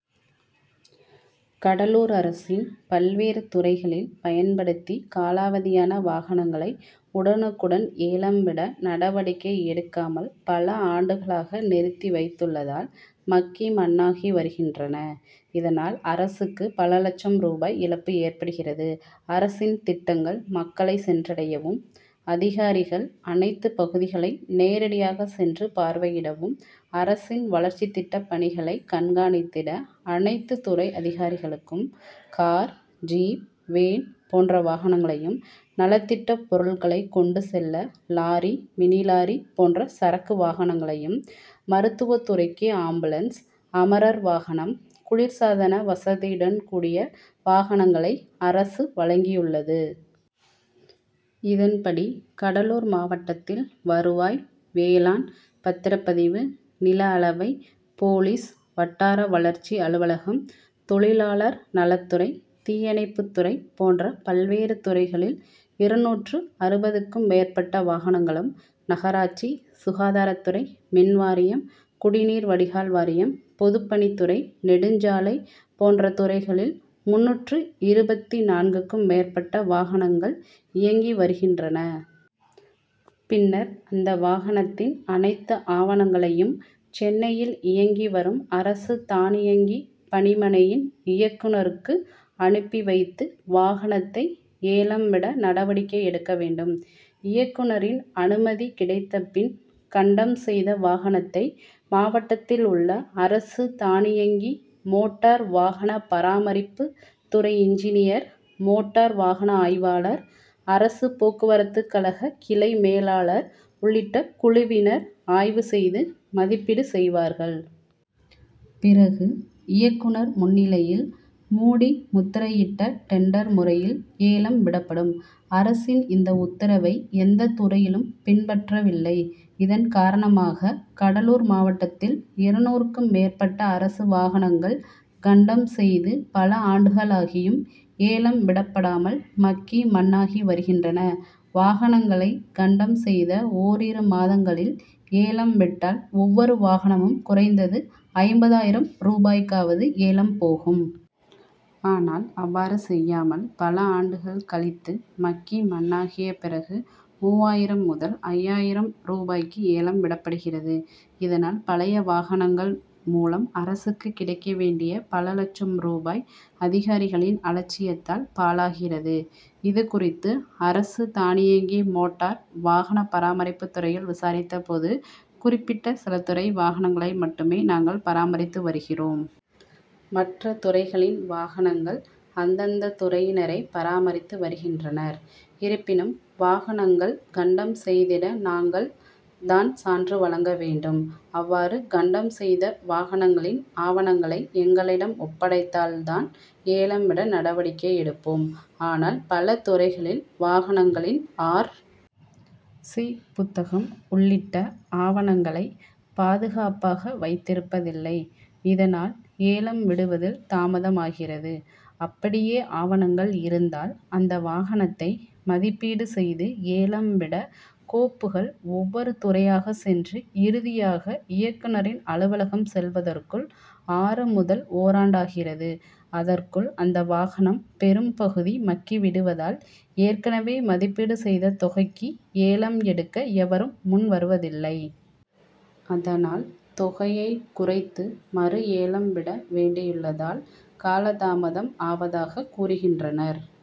கடலூர் அரசின் பல்வேறு துறைகளில் பயன்படுத்தி காலாவதியான வாகனங்களை உடனுக்குடன் ஏலம் விட நடவடிக்கை எடுக்காமல் பல ஆண்டுகளாக நிறுத்தி வைத்துள் ளதால் மக்கி மண்ணாகி வருகின்றன. இதனால் அரசுக்கு பல லட்சம் ரூபாய் இழப்பு ஏற்படுகிறது. அரசின் திட்டங்கள் மக்களை சென்றடையவும், அதிகாரிகள அனைத்து பகுதிகளையும் நேரடியாக சென்று பார் வையிடவும், அரசின் வளர்ச்சி திட்ட பணிகளை கண்காணித்திட அனைத்து துறை அதிகாரிகளுக்கும் கார், ஜீப், வேன் போன்ற வாகனங்களையும், நலத்திட்ட பொருட்களை கொண்டு செல்ல லாரி, மினிலாரி போன்ற சரக்கு வாகனங்களையும், மருத் துவத் துறைக்கு ஆம்புலன்ஸ், அமரர் வாகனம், குளிர் சாதன வசதியுடன் கூடிய வாகனங்களை அரசு வழங்கியுள்ளது. இதன்படி கடலூர் மாவட்டத்தில் வருவாய், வேளாண், பத்திரப்பதிவு, நில அளவை, போலீஸ், வட்டார வளர்ச்சி அலுவலகம், தொழிலாளர் நலத் துறை, தீயணைப்புத்துறை போன்ற பல்வேறு துறைகளில் இருநூற்று அறுபதுக்கும் மேற்பட்ட வாகனங்களும், நகராட்சி, சுகாதாரத் துறை, மின் வாரியம், குடிநீர் வடிகால் வாரியம், பொதுப்பணித் துறை, நெடுஞ்சாலை போன்ற துறைகளில் முந்நூற்று இருபத்து நான்குக்கும் மேற்பட்ட வாகனங் கள் இயங்கி வருகின்றன. பின்னர் அந்த வாகனத்தின் அனைத்து ஆவணங்களையும் சென்னையில் இயங்கி வரும் அரசு தானியங்கி பணிமனையின் இயக்குனருக்கு அனுப்பி வைத்து வாகனத்தை ஏலம் விட நடவடிக்கை எடுக்க வேண்டும். இயக்குனரின் அனுமதி கிடைத்த பின் கண்டம் செய்த வாகனத்தை மாவட்டத்தில் உள்ள அரசு தானியங்கி மோட்டார் வாகன பராமரிப்பு துறை இன்ஜினியர், மோட்டார் வாகன ஆய்வாளர், அரசு போக்குவரத்து கழக கிளை மேலாளர் உள்ளிட்ட குழுவினர் ஆய்வு செய்து மதிப்பீடு செய்வார்கள். பிறகு இயக்குனர் முன்னிலையில் மூடி முத்திரையிட்ட டெண்டர் முறையில் ஏலம் விடப்படும். அரசின் இந்த உத்தரவை எந்த துறையிலும் பின்பற்றவில்லை. இதன் காரணமாக கடலூர் மாவட்டத்தில் இருநூறுக்கும் மேற்பட்ட அரசு வாகனங்கள் கண்டம் செய்து பல ஆண்டுகளாகியும் ஏலம் விடப்படாமல் மக்கி மண்ணாகி வருகின்றன. வாகனங்களை கண்டம் செய்த ஓரிரு மாதங்களில் ஏலம் விட்டால் ஒவ்வொரு வாகனமும் குறைந்தது ஐம்பதாயிரம் ரூபாய்க்காவது ஏலம் போகும். ஆனால் அவ்வாறு செய்யாமல் பல ஆண்டுகள் கழித்து மக்கி மண்ணாகிய பிறகு மூவாயிரம் முதல் ஐயாயிரம் ரூபாய்க்கு ஏலம் விடப்படுகிறது. இதனால் பழைய வாகனங்கள் மூலம் அரசுக்கு கிடைக்க வேண்டிய பல லட்சம் ரூபாய் அதிகாரிகளின் அலட்சியத்தால் பாழாகிறது. இதுகுறித்து அரசு தானியங்கி மோட்டார் வாகன பராமரிப்பு துறையில் விசாரித்த போது, குறிப்பிட்ட சில துறை வாகனங்களை மட்டுமே நாங்கள் பராமரித்து வருகிறோம். மற்ற துறைகளின் வாகனங்கள் அந்தந்த துறையினரே பராமரித்து வருகின்றனர். இருப்பினும் வாகனங்கள் கண்டம் செய்திட நாங்கள் தான் சான்று வழங்க வேண்டும். அவ்வாறு கண்டம் செய்த வாகனங்களின் ஆவணங்களை எங்களிடம் ஒப்படைத்தால் தான் ஏலம் விட நடவடிக்கை எடுப்போம். ஆனால் பல துறைகளில் வாகனங்களின் ஆர். சி. புத்தகம் உள்ளிட்ட ஆவணங்களை பாதுகாப்பாக வைத்திருப் பதில்லை. இதனால் ஏலம் விடுவதில் தாமதமாகிறது. அப்படியே ஆவணங்கள் இருந்தால் அந்த வாகனத்தை மதிப்பீடு செய்து ஏலம் விட கோப்புகள் ஒவ்வொரு துறையாக சென்று இறுதியாக இயக்குனரின் அலுவலகம் செல்வதற்குள் ஆறு முதல் ஓராண்டாகிறது. அதற்குள் அந்த வாகனம் பெரும் பகுதி மக்கி விடுவதால் ஏற்கனவே மதிப்பீடு செய்த தொகைக்கு ஏலம் எடுக்க எவரும் முன் வருவதில்லை. அதனால் தொகையை குறைத்து மறு ஏலம் விட வேண்டியுள்ளதால காலதாமதம் ஆவதாக கூறுகின்றனர்.